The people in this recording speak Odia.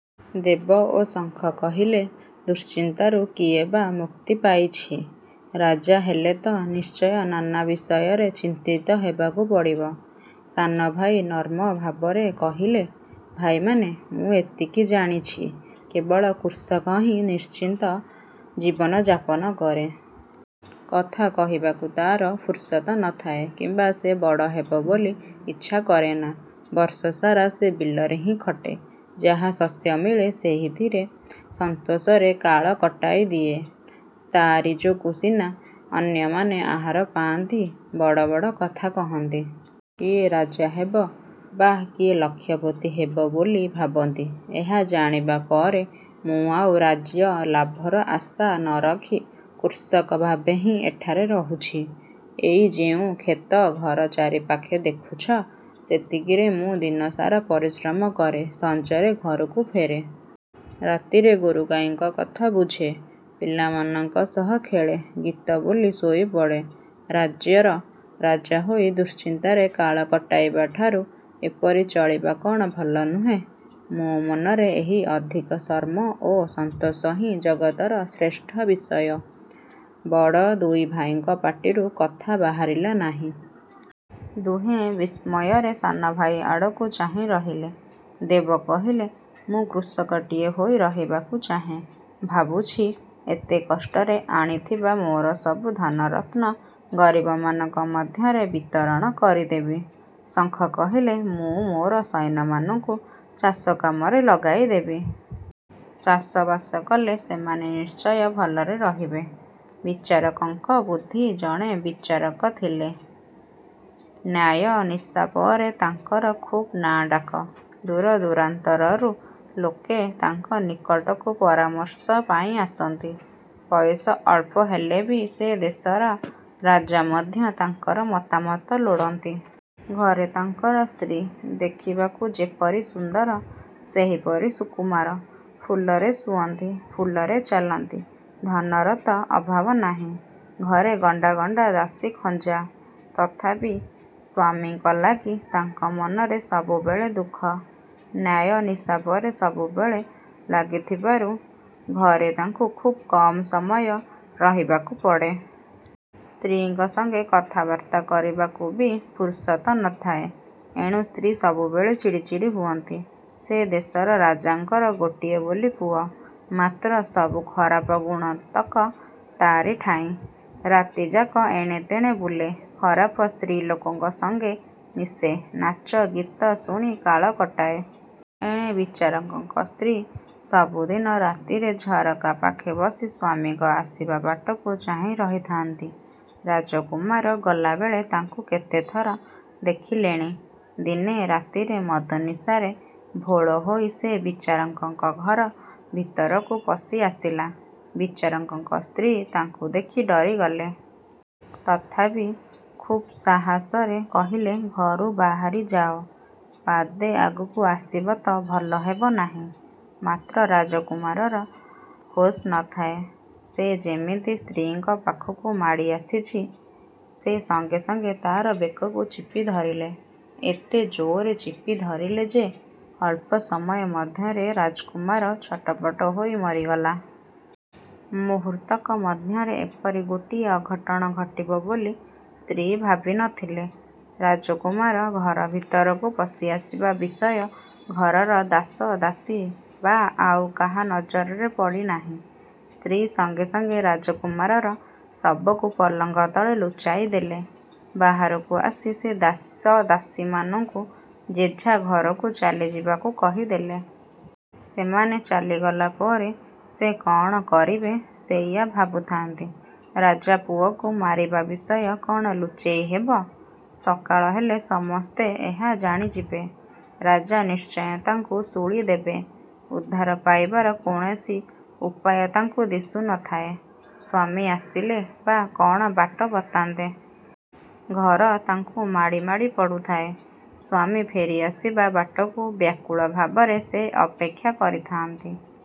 '' ଦେବ ଓ ଶଙ୍ଖ କହିଲେ- ''ଦୁଶ୍ଚିନ୍ତାରୁ କିଏ ବା ମୁକ୍ତି ପାଇଛି? ରାଜା ହେଲେ ତ ନିଶ୍ଚୟ ନାନା ବିଷୟରେ ଚିନ୍ତିତ ହେବାକୁ ପଡ଼ିବ। '' ସାନ ଭାଇ ନମ୍ର ଭାବରେ କହିଲେ- ''ଭାଇମାନେ! ମୁଁ ଏତିକି ଜାଣିଛି, କେବଳ କୃଷକହିଁ ନିଶ୍ଚିନ୍ତ ଜୀବନ ଯାପନକରେ। କଥା କହିବାକୁ ତା'ର ଫୁରୁସତ୍ ନଥାଏ କିମ୍ବା ସେ ବଡ଼ ହେବ ବୋଲି ଇଚ୍ଛା କରେନା। ବର୍ଷସାରା ସେ ବିଲରେ ହିଁ ଖଟେ-ଯାହା ଶସ୍ୟ ମିଳେ ସେଇଥିରେ ସନ୍ତୋଷରେ କାଳ କଟାଇ ଦିଏ। ତା'ରି ଯୋଗୁଁ ସିନା ଅନ୍ୟମାନେ ଆହାର ପାଆନ୍ତି, ବଡ଼ ବଡ଼ କଥା କହନ୍ତି। କିଏ ରାଜା ହେବ ବା ଲକ୍ଷପତି ହେବ ବୋଲି ଭାବନ୍ତି, ଏହା ଜାଣିବା ପରେ ମୁଁ ଆଉ ରାଜ୍ୟଲାଭର ଆଶା ନରଖି କୃଷକ ଭାବେହିଁ ଏଠାରେ ରହୁଛି। ଏଇ ଯେଉଁ କ୍ଷେତ ଘର ଚାରିପାଖେ ଦେଖୁଛ, ସେତିକିରେ ମୁଁ ଦିନସାରା ପରିଶ୍ରମ କରେ। ସଞ୍ଜରେ ଘରକୁ ଫେରେ। ରାତିରେ ଗୋରୁଗାଈଙ୍କ କଥା ବୁଝେ। ପିଲାମାନଙ୍କ ସହ ଖେଳେ। ଗୀତ ବୋଲି ଶୋଇପଡ଼େ। ରାଜ୍ୟର ରାଜା ହୋଇ ଦୁଶ୍ଚିନ୍ତାରେ କାଳ କଟାଇବାଠାରୁ ଏପରି ଚଳିବା କ'ଣ ଭଲ ନୁହେଁ? ମୋ ମନରେ ଏହି ଅଧିକ ଶ୍ରମ ଓ ସନ୍ତୋଷ ହିଁ ଜଗତର ଶ୍ରେଷ୍ଠ ବିଷୟ। '' ବଡ଼ ଦୁଇ ଭାଇଙ୍କ ପାଟିରୁ କଥା ବହାରିଲା ନାହିଁ। ଦୁହେଁ ବିସ୍ମୟରେ ସାନ ଭାଇ ଆଡ଼କୁ ଚାହିଁ ରହିଲେ। ଦେବ କହିଲେ-''ମୁଁ କୃଷକଟିଏ ହୋଇ ରହିବାକୁ ଚାହେଁ। ଭାବୁଛି ଏତେ କଷ୍ଟରେ ଆଣିଥିବା ମୋର ସବୁ ଧନ ରତ୍ନ ଗରିବମାନଙ୍କ ମଧ୍ୟରେ ବିତରଣ କରିଦେବି। ଶଙ୍ଖ କହିଲେ- ''ମୁଁ ମୋର ସୈନ୍ୟମାନଙ୍କୁ ଚାଷ କାମରେ ଲଗାଇଦେବି। ଚାଷ ବାସ କଲେ ସେମାନେ ନିଶ୍ଚୟ ଭଲରେ ରହିବେ। '' ବିଚାରକଙ୍କ ବୁଦ୍ଧି ଜଣେ ବିଚାରକ ଥିଲେ। ନ୍ୟାୟ ନିଶାପରେ ତାଙ୍କର ଖୁବ୍ ନାଁ ଡାକ। ଦୂରଦୂରାନ୍ତରରୁ ଲୋକେ ତାଙ୍କ ନିକଟକୁ ପରାମର୍ଶ ପାଇଁ ଆସନ୍ତି। ବୟସ ଅଳ୍ପ ହେଲେ ବି ସେ ଦେଶର ରାଜା ମଧ୍ୟ ତାଙ୍କର ମତାମତ ଲୋଡ଼ନ୍ତି। ଘରେ ତାଙ୍କର ସ୍ତ୍ରୀ। ଦେଖିବାକୁ ଯେପରି ସୁନ୍ଦର ସେହିପରି ସୁକୁମାର। ଫୁଲରେ ଶୁଅନ୍ତି, ଫୁଲରେ ଚାଲନ୍ତି। ଧନର ତ ଅଭାବ ନାହିଁ। ଘରେ ଗଣ୍ଡା ଗଣ୍ଡା ଦାସୀ ଖଞ୍ଜା। ତଥାପି ସ୍ୱାମୀଙ୍କ ଲାଗି ତାଙ୍କ ମନରେ ସବୁବେଳେ ଦୁଃଖ। ନ୍ୟାୟ ନିଶାପରେ ସବୁବେଳେ ଲାଗିଥିବାରୁ ଘରେ ତାଙ୍କୁ ଖୁବ୍ କମ୍ ସମୟ ରହିବାକୁ ପଡ଼େ। ସ୍ତ୍ରୀଙ୍କ ସଙ୍ଗେ କଥାବର୍ତ୍ତା କରିବାକୁ ବି ଫୁରୁସତ୍ ନଥାଏ। ଏଣୁ ସ୍ତ୍ରୀ ସବୁବେଳେ ଚିଡ଼ି ଚିଡ଼ି ହୁଅନ୍ତି। ସେ ଦେଶର ରାଜାଙ୍କର ଗୋଟିଏ ବୋଲି ପୁଅ;। ମାତ୍ର ସବୁ ଖରାପ ଗୁଣତକ ତାରିଠାଇଁ। ରାତିଯାକ ଏଣେ ତେଣେ ବୁଲେ। ଖରାପ ସ୍ତ୍ରୀ ଲୋକଙ୍କ ସଙ୍ଗେ ମିଶେ; ନାଚ ଗୀତ ଶୁଣି କାଳ କଟାଏ। ଏଣେ ବିଚାରକଙ୍କ ସ୍ତ୍ରୀ ସବୁଦିନ ରାତିରେ ଝରକା ପାଖେ ବସି ସ୍ୱାମୀଙ୍କ ଆସିବା ବାଟକୁ ଚାହିଁ ରହିଥାନ୍ତି। ରାଜକୁମାର ଗଲାବେଳେ ତାଙ୍କୁ କେତେଥର ଦେଖିଲେଣି। ଦିନେ ରାତିରେ ମଦନିଶାରେ ଭୋଳ ହୋଇ ସେ ବିଚାରକଙ୍କ ଘର ଭିତରକୁ ପଶିଆସିଲା। ବିଚାରକଙ୍କ ସ୍ତ୍ରୀ ତାଙ୍କୁ ଦେଖି ଡରିଗଲେ। ତଥାପି ଖୁବ୍ ସାହସରେ କହିଲେ- ''ଘରୁ ବାହାରି ଯାଅ, ପାଦେ ଆଗକୁ ଆସିବତ ଭଲ ହେବନାହିଁ। ' ମାତ୍ର ରାଜକୁମାରର ହୋସ୍ ନଥାଏ, ସେ ଯେମିତି ସ୍ତ୍ରୀଙ୍କ ପାଖକୁ ମାଡ଼ି ଆସିଛି, ସେ ସଙ୍ଗେ ସଙ୍ଗେ ତା'ର ବେକକୁ ଚିପି ଧରିଲେ। ଏତେ ଜୋର୍ରେ ଚିପିଧରିଲେ ଯେ, ଅଳ୍ପ ସମୟ ମଧ୍ୟରେ ରାଜକୁମାର ଛଟପଟ ହୋଇ ମରିଗଲା। ମୁହୂର୍ତ୍ତକ ମଧ୍ୟରେ ଏପରି ଗୋଟିଏ ଅଘଟଣ ଘଟିବ ବୋଲି ସ୍ତ୍ରୀ ଭାବି ନଥିଲେ। ରାଜକୁମାର ଘର ଭିତରକୁ ପଶିଆସିବା ବିଷୟ ଘରର ଦାସ ଦାସୀ ବା ଆଉ କାହା ନଜରରେ ପଡ଼ିନାହିଁ। ସ୍ତ୍ରୀ ସଙ୍ଗେ ସଙ୍ଗେ ରାଜକୁମାରର ଶବକୁ ପଲଙ୍କ ତଳେ ଲୁଚାଇଦେଲେ। ବାହାରକୁ ଆସି ସେ ଦାସଦାସୀମାନଙ୍କୁ ଯେଝା ଘରକୁ ଚାଲିଯିବାକୁ କହିଦେଲେ। ସେମାନେ ଚାଲିଗଲା ପରେ ସେ କ'ଣ କରିବେ ସେଇଆ ଭାବୁଥାନ୍ତି। ରାଜାପୁଅକୁ ମାରିବା ବିଷୟ କ'ଣ ଲୁଚେଇ ହେବ? ସକାଳ ହେଲେ ସମସ୍ତେ ଏହା ଜାଣିଯିବେ। ରାଜା ନିଶ୍ଚୟ ତାଙ୍କୁ ଶୂଳିଦେବେ। ଉଦ୍ଧାର ପାଇବାର କୌଣସି ଉପାୟ ତାଙ୍କୁ ଦିଶୁନଥାଏ। ସ୍ୱାମୀ ଆସିଲେ ବା କ'ଣ ବାଟ ବତାନ୍ତେ। ଘର ତାଙ୍କୁ ମାଡ଼ି ମାଡ଼ି ପଡ଼ୁଥାଏ। ସ୍ୱାମୀ ଫେରିଆସିବା ବାଟକୁ ବ୍ୟାକୁଳ ଭାବରେ ସେ ଅପେକ୍ଷା କରିଥାନ୍ତି।